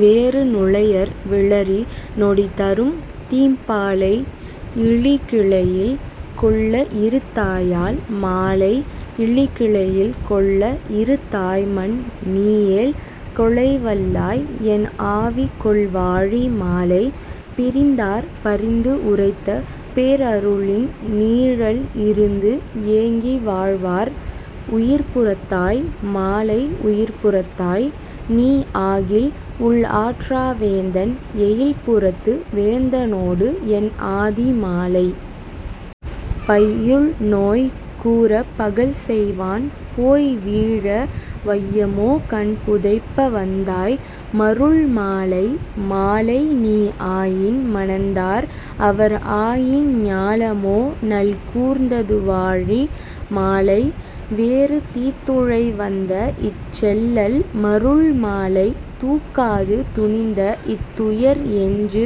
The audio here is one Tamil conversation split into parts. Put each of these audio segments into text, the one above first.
வேறு நுளையர் விளரி நொடிதரும்தீம் பாலை இளிகிளையில் கொள்ள இறுத்தாயால் மாலை இளிகிளையில் கொள்ள இறுத்தாய்மன் நீயேல் கொளைவல்லாய் என்ஆவி கொள்வாழி மாலை. பிரிந்தார் பரிந்துஉரைத்த பேர்அருளின் நீழல் இருந்துஏங்கி வாழ்வார் உயிர்ப்புறத்தாய் மாலை உயிர்ப்புறத்தாய் நீஆகில் உள்ஆற்றா வேந்தன் எயில்புறத்து வேந்தனோடு என்ஆதி மாலை. பையுள்நோய் கூரப் பகல்செய்வான் போய்வீழ வையமோ கண்புதைப்ப வந்தாய் மருள்மாலை மாலைநீ ஆயின் மணந்தார் அவர்ஆயின் ஞாலமோ நல்கூர்ந் ததுவாழி மாலை. வேறு தீத்துழை வந்தஇச் செல்லல் மருள்மாலை தூக்காது துணிந்தஇத் துயர்எஞ்சு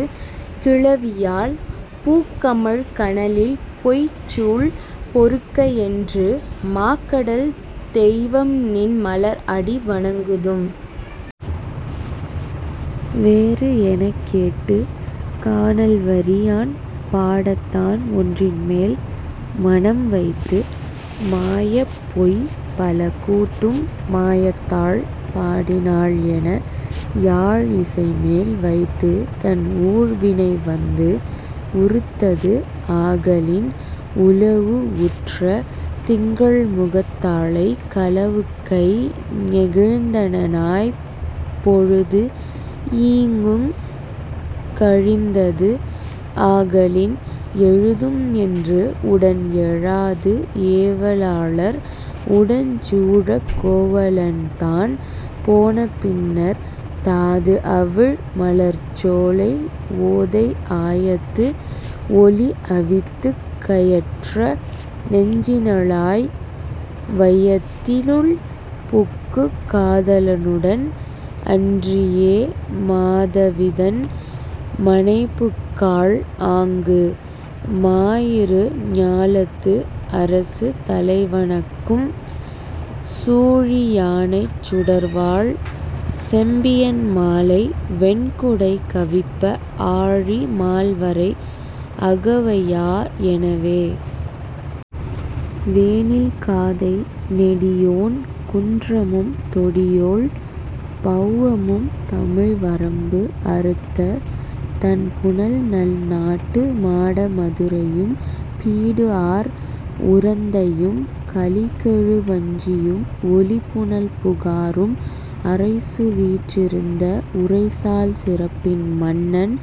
கிளவியால் பூக்கமழ் கனலில் பொய்ச்சூள் பொறுக்க என்று மாக்கடல் தெய்வம்நின் மலர்அடி வணங்குதும். வேறு எனக்கேட்டு, கானல்வரி யான்பாடத் தான்ஒன்றின்மேல் மனம்வைத்து மாயப்பொய் பலகூட்டும் மாயத்தாள் பாடினாள்என யாழ்இசைமேல் வைத்துத்தன் ஊழ்வினைவந்து உருத்ததுஆகலின் உவவுஉற்ற திங்கள்முகத்தாளைக் கவவுக்கை ஞெகிழ்ந்தனனாய்ப் பொழுதுஈங்குக் கழிந்ததுஆகலின் எழுதும்என்று உடன்எழாது ஏவலாளர் உடஞ்சூழக் கோவலன்தான் போனபின்னர், தாதுஅவிழ் மலர்ச்சோலை ஓதைஆயத்து ஒலிஅவித்துக் கையற்ற நெஞ்சினளாய் வையத்தி னுள்புக்குக் காதலனுடன் அன்றியே மாதவிதன் மனைபுக்காள் ஆங்கு, மாயிரு ஞாலத்து அரசு தலைவணக்கும் சூழி யானைச் சுடர்வாள் செம்பியன் மாலை வெண்குடை கவிப்ப ஆழி மால்வரை அகவையா எனவே.. வேனில் காதை நெடியோன் குன்றமும் தொடியோள் பெளவமும் தமிழ்வரம்பு அறுத்த தண்புனல் நல்நாட்டு மாட மதுரையும் பீடுஆர் உறந்தையும் கலிகெழு வஞ்சியும் ஒலிபுனல் புகாரும் அரைசுவீற் றிருந்த உரைசால் சிறப்பின் மன்னன்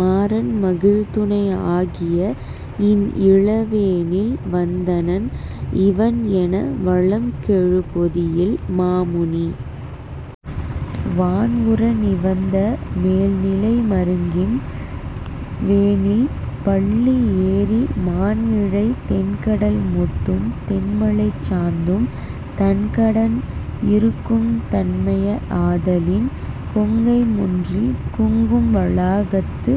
மாரன் மகிழ்துணை ஆகிய இன்இள வேனில் வந்தனன் இவண்என வளம்கெழு பொதியில் மாமுனி வான்உற நிவந்த மேல்நிலை மருங்கின் வேனில் பள்ளி ஏறி மாண்இழை தென்கடல் முத்தும் தென்மலைச் சாந்தும் தன்கடன் இறுக்கும் தன்மைய ஆதலின் கொங்கை முன்றில் குங்கும வளாகத்து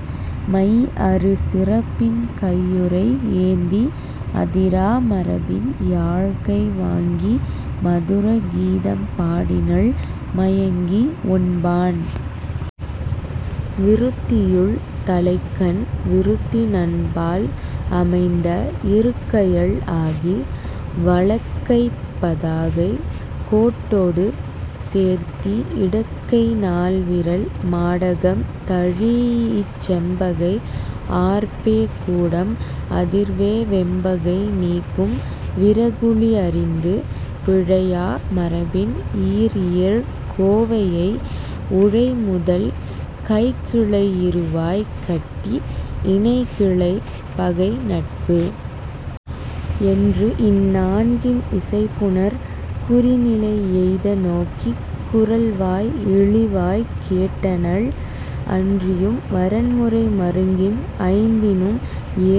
மைஅறு சிறப்பின் கையுறை ஏந்தி அதிரா மரபின் யாழ்கை வாங்கி மதுர கீதம் பாடினள் மயங்கி, ஒன்பான் விருத்தியுள் தலைக்கண் விருத்தி நன்பால் அமைந்த இருக்கையள் ஆகி, வலக்கைப் பதாகை கோட்டொடு சேர்த்தி இடக்கை நால்விரல் மாடகம் தழீஇச் செம்பகை ஆர்ப்பே கூடம் அதிர்வே வெம்பகை நீக்கும் விரகுளி அறிந்து, பிழையா மரபின் ஈர்ஏழ் கோவையை உழைமுதல் கைக்கிளை இறுவாய் கட்டி, இணைகிளை பகைநட்பு என்றுஇந் நான்கின் இசைபுணர் குறிநிலை எய்த நோக்கிக் குரல்வாய் இளிவாய்க் கேட்டனள் அன்றியும் வரன்முறை மருங்கின் ஐந்தினும்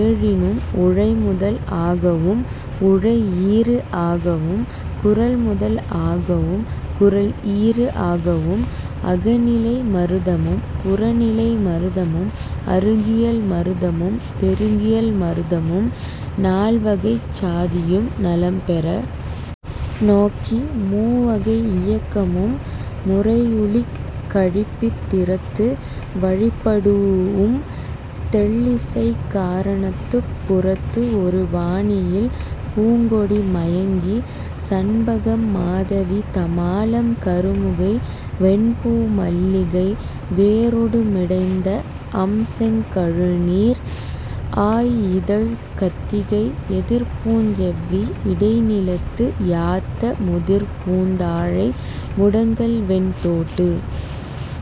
ஏழினும் உழைமுதல் ஆகவும் உழைஈறு ஆகவும் குரல்முதல் ஆகவும் குரல்ஈறு ஆகவும் அகநிலை மருதமும் புறநிலை மருதமும் அருகியல் மருதமும் பெருகியல் மருதமும் நால்வகைச் சாதியும் நலம்பெற நோக்கி, மூவகை இயக்கமும் முறையுளிக் கழிப்பித் திறத்து வழிப்படூஉம் தெள்ளிசைக் கரணத்துப் புறத்துஒரு பாணியில் பூங்கொடி மயங்கி, சண்பகம் மாதவி தமாலம் கருமுகை வெண்பூ மல்லிகை வேரொடு மிடைந்த அம்செங் கழுநீர் ஆய்இதழ்க் கத்திகை எதிர்ப்பூஞ் செவ்வி இடைநிலத்து யாத்த முதிர்பூந் தாழை முடங்கல்வெண் தோட்டு